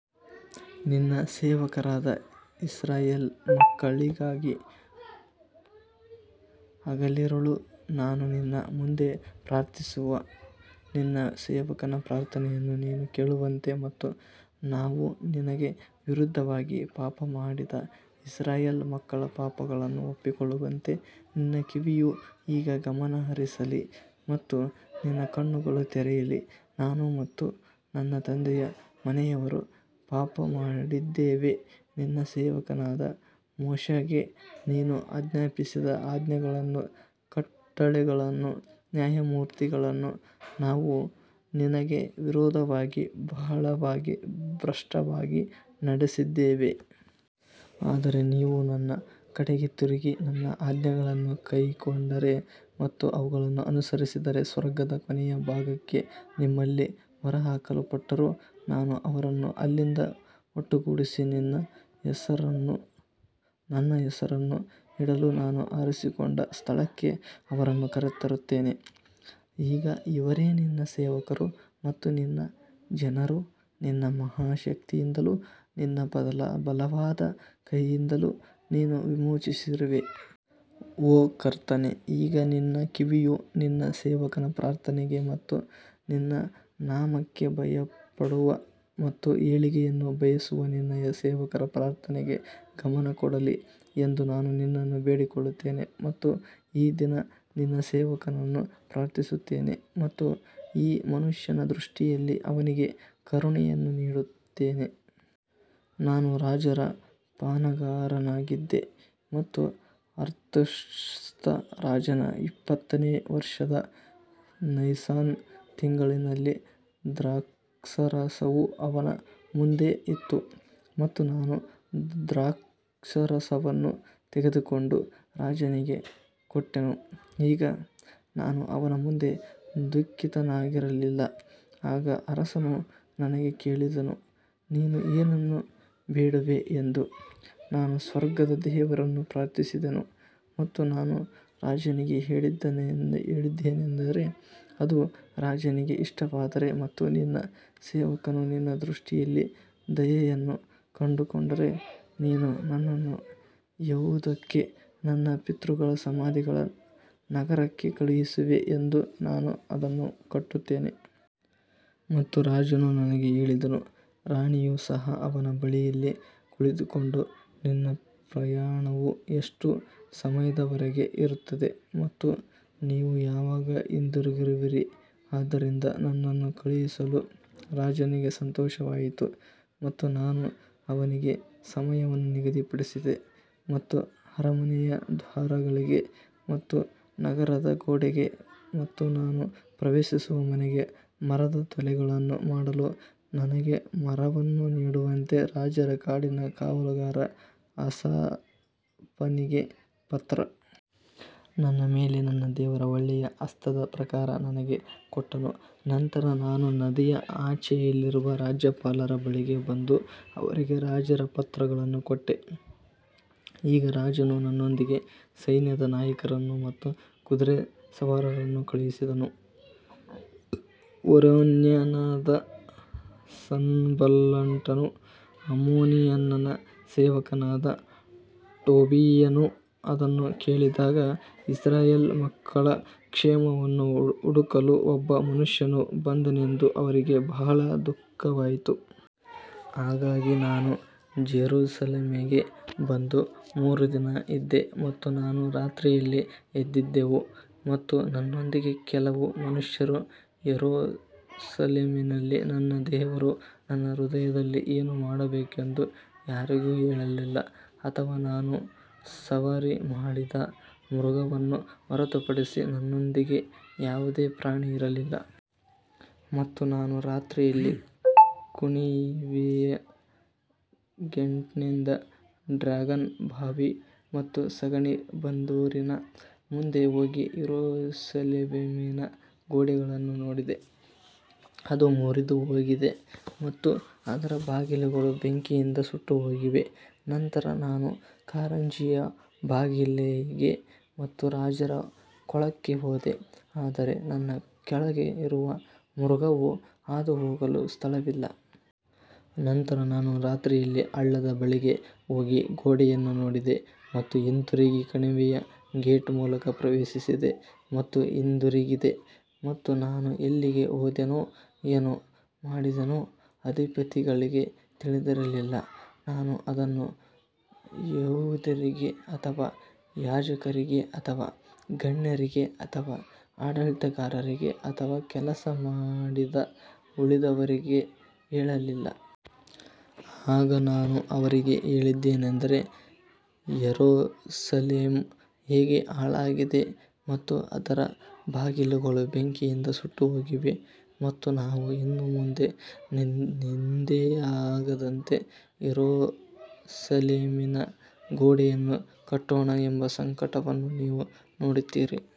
ನಿನ್ನ ಸೇವಕರಾದ ಇಸ್ರಾಯೇಲ್ ಮಕ್ಕಳಿಗಾಗಿ ಹಗಲಿರುಳು ನಾನು ನಿನ್ನ ಮುಂದೆ ಪ್ರಾರ್ಥಿಸುವ ನಿನ್ನ ಸೇವಕನ ಪ್ರಾರ್ಥನೆಯನ್ನು ನೀನು ಕೇಳುವಂತೆ ಮತ್ತು ನಾವು ನಿನಗೆ ವಿರುದ್ಧವಾಗಿ ಪಾಪ ಮಾಡಿದ ಇಸ್ರಾಯೇಲ್ ಮಕ್ಕಳ ಪಾಪಗಳನ್ನು ಒಪ್ಪಿಕೊಳ್ಳುವಂತೆ ನಿನ್ನ ಕಿವಿಯು ಈಗ ಗಮನಹರಿಸಲಿ ಮತ್ತು ನಿನ್ನ ಕಣ್ಣುಗಳು ತೆರೆಯಲಿ. ನಾನು ಮತ್ತು ನನ್ನ ತಂದೆಯ ಮನೆಯವರು ಪಾಪಮಾಡಿದ್ದೇವೆ ನಿನ್ನ ಸೇವಕನಾದ ಮೋಶೆಗೆ ನೀನು ಆಜ್ಞಾಪಿಸಿದ ಆಜ್ಞೆಗಳನ್ನೂ ಕಟ್ಟಳೆಗಳನ್ನೂ ನ್ಯಾಯತೀರ್ಪುಗಳನ್ನೂ ನಾವು ನಿನಗೆ ವಿರೋಧವಾಗಿ ಬಹಳವಾಗಿ ಭ್ರಷ್ಟವಾಗಿ ನಡೆಸಿದ್ದೇವೆ. ಆದರೆ ನೀವು ನನ್ನ ಕಡೆಗೆ ತಿರುಗಿ ನನ್ನ ಆಜ್ಞೆಗಳನ್ನು ಕೈಕೊಂಡರೆ ಮತ್ತು ಅವುಗಳನ್ನು ಅನುಸರಿಸಿದರೆ ಸ್ವರ್ಗದ ಕೊನೆಯ ಭಾಗಕ್ಕೆ ನಿಮ್ಮಲ್ಲಿ ಹೊರಹಾಕಲ್ಪಟ್ಟರೂ ನಾನು ಅವರನ್ನು ಅಲ್ಲಿಂದ ಒಟ್ಟುಗೂಡಿಸಿ ನನ್ನ ಹೆಸರನ್ನು ಇಡಲು ನಾನು ಆರಿಸಿಕೊಂಡ ಸ್ಥಳಕ್ಕೆ ಅವರನ್ನು ಕರೆತರುತ್ತೇನೆ. ಈಗ ಇವರೇ ನಿನ್ನ ಸೇವಕರು ಮತ್ತು ನಿನ್ನ ಜನರೂ ನಿನ್ನ ಮಹಾ ಶಕ್ತಿಯಿಂದಲೂ ನಿನ್ನ ಬಲವಾದ ಕೈಯಿಂದಲೂ ನೀನು ವಿಮೋಚಿಸಿರುವೆ. ಓ ಕರ್ತನೇ, ಈಗ ನಿನ್ನ ಕಿವಿಯು ನಿನ್ನ ಸೇವಕನ ಪ್ರಾರ್ಥನೆಗೆ ಮತ್ತು ನಿನ್ನ ನಾಮಕ್ಕೆ ಭಯಪಡುವ ಮತ್ತು ಏಳಿಗೆಯನ್ನು ಬಯಸುವ ನಿನ್ನ ಸೇವಕರ ಪ್ರಾರ್ಥನೆಗೆ ಗಮನ ಕೊಡಲಿ ಎಂದು ನಾನು ನಿನ್ನನ್ನು ಬೇಡಿಕೊಳ್ಳುತ್ತೇನೆ ಮತ್ತು ಈ ದಿನ ನಿನ್ನ ಸೇವಕನನ್ನು ಪ್ರಾರ್ಥಿಸುತ್ತೇನೆ ಮತ್ತು ಈ ಮನುಷ್ಯನ ದೃಷ್ಟಿಯಲ್ಲಿ ಅವನಿಗೆ ಕರುಣೆಯನ್ನು ನೀಡುತ್ತೇನೆ. ನಾನು ರಾಜರ ಪಾನಗಾರನಾಗಿದ್ದೆ ಮತ್ತು ಅರ್ತಷಸ್ತ ರಾಜನ ಇಪ್ಪತ್ತನೇ ವರ್ಷದ ನೈಸಾನ್ ತಿಂಗಳಿನಲ್ಲಿ ದ್ರಾಕ್ಷಾರಸವು ಅವನ ಮುಂದೆ ಇತ್ತು ಮತ್ತು ನಾನು ದ್ರಾಕ್ಷಾರಸವನ್ನು ತೆಗೆದುಕೊಂಡು ರಾಜನಿಗೆ ಕೊಟ್ಟೆನು ಈಗ ನಾನು ಅವನ ಮುಂದೆ ದುಃಖಿತನಾಗಿರಲಿಲ್ಲ. ಆಗ ಅರಸನು ನನಗೆ ಕೇಳಿದನು, ನೀನು ಏನನ್ನು ಬೇಡುವೆ ಎಂದು ನಾನು ಸ್ವರ್ಗದ ದೇವರನ್ನು ಪ್ರಾರ್ಥಿಸಿದೆನು ಮತ್ತು ನಾನು ರಾಜನಿಗೆ ಹೇಳಿದ್ದೇನೆಂದರೆ, ಅದು ರಾಜನಿಗೆ ಇಷ್ಟವಾದರೆ ಮತ್ತು ನಿನ್ನ ಸೇವಕನು ನಿನ್ನ ದೃಷ್ಟಿಯಲ್ಲಿ ದಯೆಯನ್ನು ಕಂಡುಕೊಂಡರೆ ನೀನು ನನ್ನನ್ನು ಯೆಹೂದಕ್ಕೆ ನನ್ನ ಪಿತೃಗಳ ಸಮಾಧಿಗಳ ನಗರಕ್ಕೆ ಕಳುಹಿಸುವೆ ಎಂದು ನಾನು ಅದನ್ನು ಕಟ್ಟುತ್ತೇನೆ. ಮತ್ತು ರಾಜನು ನನಗೆ ಹೇಳಿದನು, ರಾಣಿಯು ಸಹ ಅವನ ಬಳಿಯಲ್ಲಿ ಕುಳಿತುಕೊಂಡು ನಿನ್ನ ಪ್ರಯಾಣವು ಎಷ್ಟು ಸಮಯದವರೆಗೆ ಇರುತ್ತದೆ ಮತ್ತು ನೀವು ಯಾವಾಗ ಹಿಂದಿರುಗುವಿರಿ ಆದ್ದರಿಂದ ನನ್ನನ್ನು ಕಳುಹಿಸಲು ರಾಜನಿಗೆ ಸಂತೋಷವಾಯಿತು ಮತ್ತು ನಾನು ಅವನಿಗೆ ಸಮಯವನ್ನು ನಿಗದಿಪಡಿಸಿದೆ. ಮತ್ತು ಅರಮನೆಯ ದ್ವಾರಗಳಿಗೆ ಮತ್ತು ನಗರದ ಗೋಡೆಗೆ ಮತ್ತು ನಾನು ಪ್ರವೇಶಿಸುವ ಮನೆಗೆ ಮರದ ತೊಲೆಗಳನ್ನು ಮಾಡಲು ನನಗೆ ಮರವನ್ನು ನೀಡುವಂತೆ ರಾಜರ ಕಾಡಿನ ಕಾವಲುಗಾರ ಆಸಾಫನಿಗೆ ಪತ್ರ. ನನ್ನ ಮೇಲೆ ನನ್ನ ದೇವರ ಒಳ್ಳೆಯ ಹಸ್ತದ ಪ್ರಕಾರ ನನಗೆ ಕೊಟ್ಟನು ನಂತರ ನಾನು ನದಿಯ ಆಚೆಯಲ್ಲಿರುವ ರಾಜ್ಯಪಾಲರ ಬಳಿಗೆ ಬಂದು ಅವರಿಗೆ ರಾಜರ ಪತ್ರಗಳನ್ನು ಕೊಟ್ಟೆ, ಈಗ ರಾಜನು ನನ್ನೊಂದಿಗೆ ಸೈನ್ಯದ ನಾಯಕರನ್ನು ಮತ್ತು ಕುದುರೆ ಸವಾರರನ್ನು ಕಳುಹಿಸಿದನು. ಹೋರೋನ್ಯನಾದ ಸನ್ಬಲ್ಲಟನೂ ಅಮ್ಮೋನಿಯನ ಸೇವಕನಾದ ಟೋಬೀಯನೂ ಅದನ್ನು ಕೇಳಿದಾಗ ಇಸ್ರಾಯೇಲ್ ಮಕ್ಕಳ ಕ್ಷೇಮವನ್ನು ಹುಡುಕಲು ಒಬ್ಬ ಮನುಷ್ಯನು ಬಂದನೆಂದು ಅವರಿಗೆ ಬಹಳ ದುಃಖವಾಯಿತು. ಹಾಗಾಗಿ ನಾನು ಜೆರುಸಲೇಮಿಗೆ ಬಂದು ಮೂರು ದಿನ ಇದ್ದೆ ಮತ್ತು ನಾನು ರಾತ್ರಿಯಲ್ಲಿ ಎದ್ದಿದ್ದೆವು ಮತ್ತು ನನ್ನೊಂದಿಗೆ ಕೆಲವು ಮನುಷ್ಯರು ಯೆರೂಸಲೇಮಿನಲ್ಲಿ ನನ್ನ ದೇವರು ನನ್ನ ಹೃದಯದಲ್ಲಿ ಏನು ಮಾಡಬೇಕೆಂದು ಯಾರಿಗೂ ಹೇಳಲಿಲ್ಲ ಅಥವಾ ನಾನು ಸವಾರಿ ಮಾಡಿದ ಮೃಗವನ್ನು ಹೊರತುಪಡಿಸಿ ನನ್ನೊಂದಿಗೆ ಯಾವುದೇ ಪ್ರಾಣಿ ಇರಲಿಲ್ಲ. ಮತ್ತು ನಾನು ರಾತ್ರಿಯಲ್ಲಿ ಕಣಿವೆಯ ಗೇಟ್ನಿಂದ ಡ್ರ್ಯಾಗನ್ ಬಾವಿ ಮತ್ತು ಸಗಣಿ ಬಂದರಿನ ಮುಂದೆ ಹೋಗಿ ಯೆರೂಸಲೇಮಿನ ಗೋಡೆಗಳನ್ನು ನೋಡಿದೆ, ಅದು ಮುರಿದುಹೋಗಿದೆ ಮತ್ತು ಅದರ ಬಾಗಿಲುಗಳು ಬೆಂಕಿಯಿಂದ ಸುಟ್ಟುಹೋಗಿವೆ. ನಂತರ ನಾನು ಕಾರಂಜಿಯ ಬಾಗಿಲಿಗೆ ಮತ್ತು ರಾಜರ ಕೊಳಕ್ಕೆ ಹೋದೆ ಆದರೆ ನನ್ನ ಕೆಳಗೆ ಇರುವ ಮೃಗವು ಹಾದುಹೋಗಲು ಸ್ಥಳವಿಲ್ಲ. ನಂತರ ನಾನು ರಾತ್ರಿಯಲ್ಲಿ ಹಳ್ಳದ ಬಳಿಗೆ ಹೋಗಿ ಗೋಡೆಯನ್ನು ನೋಡಿದೆ ಮತ್ತು ಹಿಂತಿರುಗಿ ಕಣಿವೆಯ ಗೇಟ್ ಮೂಲಕ ಪ್ರವೇಶಿಸಿದೆ ಮತ್ತು ಹಿಂದಿರುಗಿದೆ ಮತ್ತು ನಾನು ಎಲ್ಲಿಗೆ ಹೋದೆನೋ ಏನು ಮಾಡಿದೆನೋ ಅಧಿಪತಿಗಳಿಗೆ ತಿಳಿದಿರಲಿಲ್ಲ, ನಾನು ಅದನ್ನು ಯೆಹೂದ್ಯರಿಗೆ ಅಥವಾ ಯಾಜಕರಿಗೆ ಅಥವಾ ಗಣ್ಯರಿಗೆ ಅಥವಾ ಆಡಳಿತಗಾರರಿಗೆ ಅಥವಾ ಕೆಲಸ ಮಾಡಿದ ಉಳಿದವರಿಗೆ ಹೇಳಲಿಲ್ಲ. ಆಗ ನಾನು ಅವರಿಗೆ ಹೇಳಿದ್ದೇನೆಂದರೆ, ಯೆರೂಸಲೇಮ್ ಹೇಗೆ ಹಾಳಾಗಿದೆ ಮತ್ತು ಅದರ ಬಾಗಿಲುಗಳು ಬೆಂಕಿಯಿಂದ ಸುಟ್ಟುಹೋಗಿವೆ ಮತ್ತು ನಾವು ಇನ್ನು ಮುಂದೆ ನಿಂದೆಯಾಗದಂತೆ ಯೆರೂಸಲೇಮಿನ ಗೋಡೆಯನ್ನು ಕಟ್ಟೋಣ ಎಂಬ ಸಂಕಟವನ್ನು ನೀವು ನೋಡುತ್ತೀರಿ.